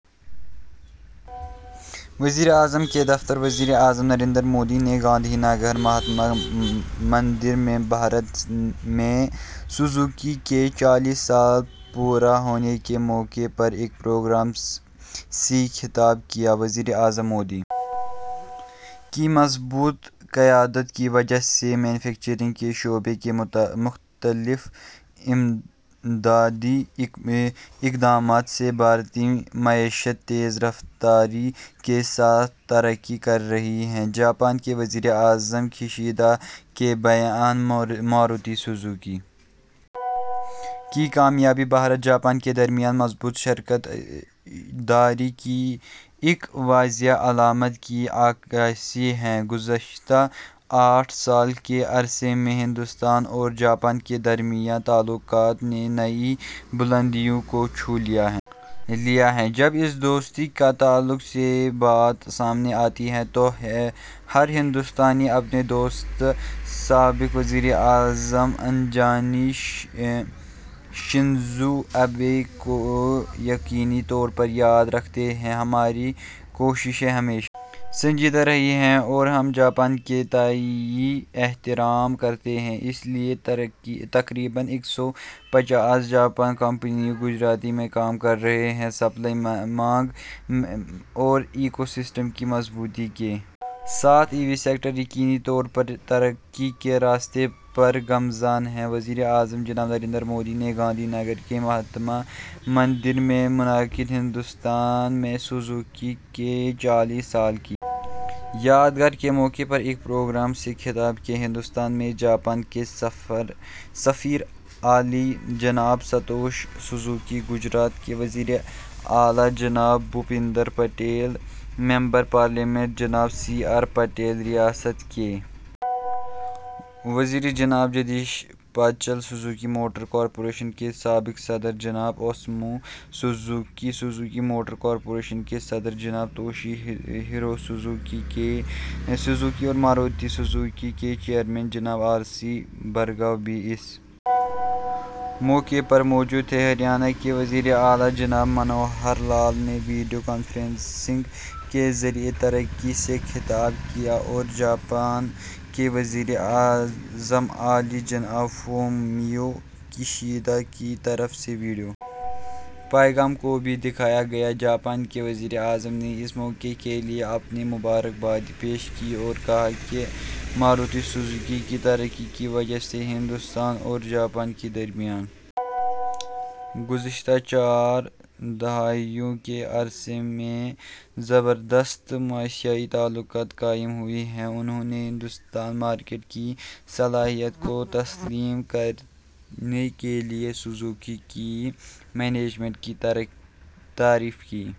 وزیر اعظم کا دفتر وزیر اعظم نریندر مودی نے گاندھی نگر مہاتما مندر میں بھارت میں سوزوکی کے چالیس سال پورا ہونے کے موقع پر ایک پروگرام سے خطاب کیا وزیر اعظم مودی کی مضبوط قیادت کی وجہ سے مینوفیکچرنگ کے شعبے کے مختلف امدادی اقدامات سے بھارتی معیشت تیز رفتاری کے ساتھ ترقی کر رہی ہے جاپان کے وزیر اعظم کیشیدا کا بیان ماروتی سوزوکی کی کامیابی بھارت جاپان کے درمیان مضبوط شراکت داری کی ایک واضح علامت کی عکاسی ہے گزشتہ آٹھ سال کے عرصے میں ہندوستان اور جاپان کے درمیان تعلقات نے نئی بلندیوں کو چھو لیا ہے جب اس دوستی کے تعلق سے بات سامنے آتی ہے تو ہر ہندوستانی اپنے دوست سابق وزیر اعظم آنجہانی شنزو آبے کو یقینی طور پر یاد رکھتا ہے ہماری کوششیں ہمیشہ سنجیدہ رہی ہیں اور ہم جاپان کے تئیں احترام کرتے ہیں اسی لیے تقریباً ایک سو پچیس جاپانی کمپنیاں گجرات میں کام کر رہی ہیں سپلائی مانگ اور ایکو نظام کی مضبوطی کے ساتھ ای وی سیکٹر یقینی طور پر ترقی کے راستے پر گامزن ہے وزیر اعظم جناب نریندر مودی نے گاندھی نگر کے مہاتما مندر میں منعقد ہندوستان میں سوزوکی کے چالیس سال کی یادگار کے موقع پر ایک پروگرام سے خطاب کیا ہندوستان میں جاپان کے سفیر عالی جناب ستوشی سوزوکی گجرات کے وزیر اعلیٰ جناب بھوپیندر پٹیل ممبر پارلیمنٹ جناب سی آر پٹیل ریاست کے وزیر جناب Jagdish Panchal Suzuki Motor Corporation کے سابق صدر جناب Osamu Suzuki Suzuki Motor Corporation کے صدر جناب توشی ہیرو سوزوکی اور ماروتی سوزوکی کے چیئرمین جناب آر سی بھارگو بھی اس موقع پر موجود تھے ہریانہ کے وزیر اعلیٰ جناب منوہر لال نے ویڈیو کانفرنسنگ کے ذریعے تقریب سے خطاب کیا اور جاپان کے وزیر اعظم عالی جناب فومیو کیشیدا کی طرف سے ویڈیو پیغام کو بھی دکھایا گیا جاپان کے وزیر اعظم نے اس موقع کے لیے اپنی مبارکباد پیش کی اور کہا کہ ماروتی سوزوکی کی ترقی کی وجہ سے ہندوستان اور جاپان کے درمیان گزشتہ چار دہائیوں کے عرصے میں زبردست معاشی تعلقات قائم ہوئے ہیں انہوں نے ہندوستانی مارکیٹ کی صلاحیت کو تسلیم کرنے کے لیے سوزوکی کے مینجمنٹ کی تعریف کی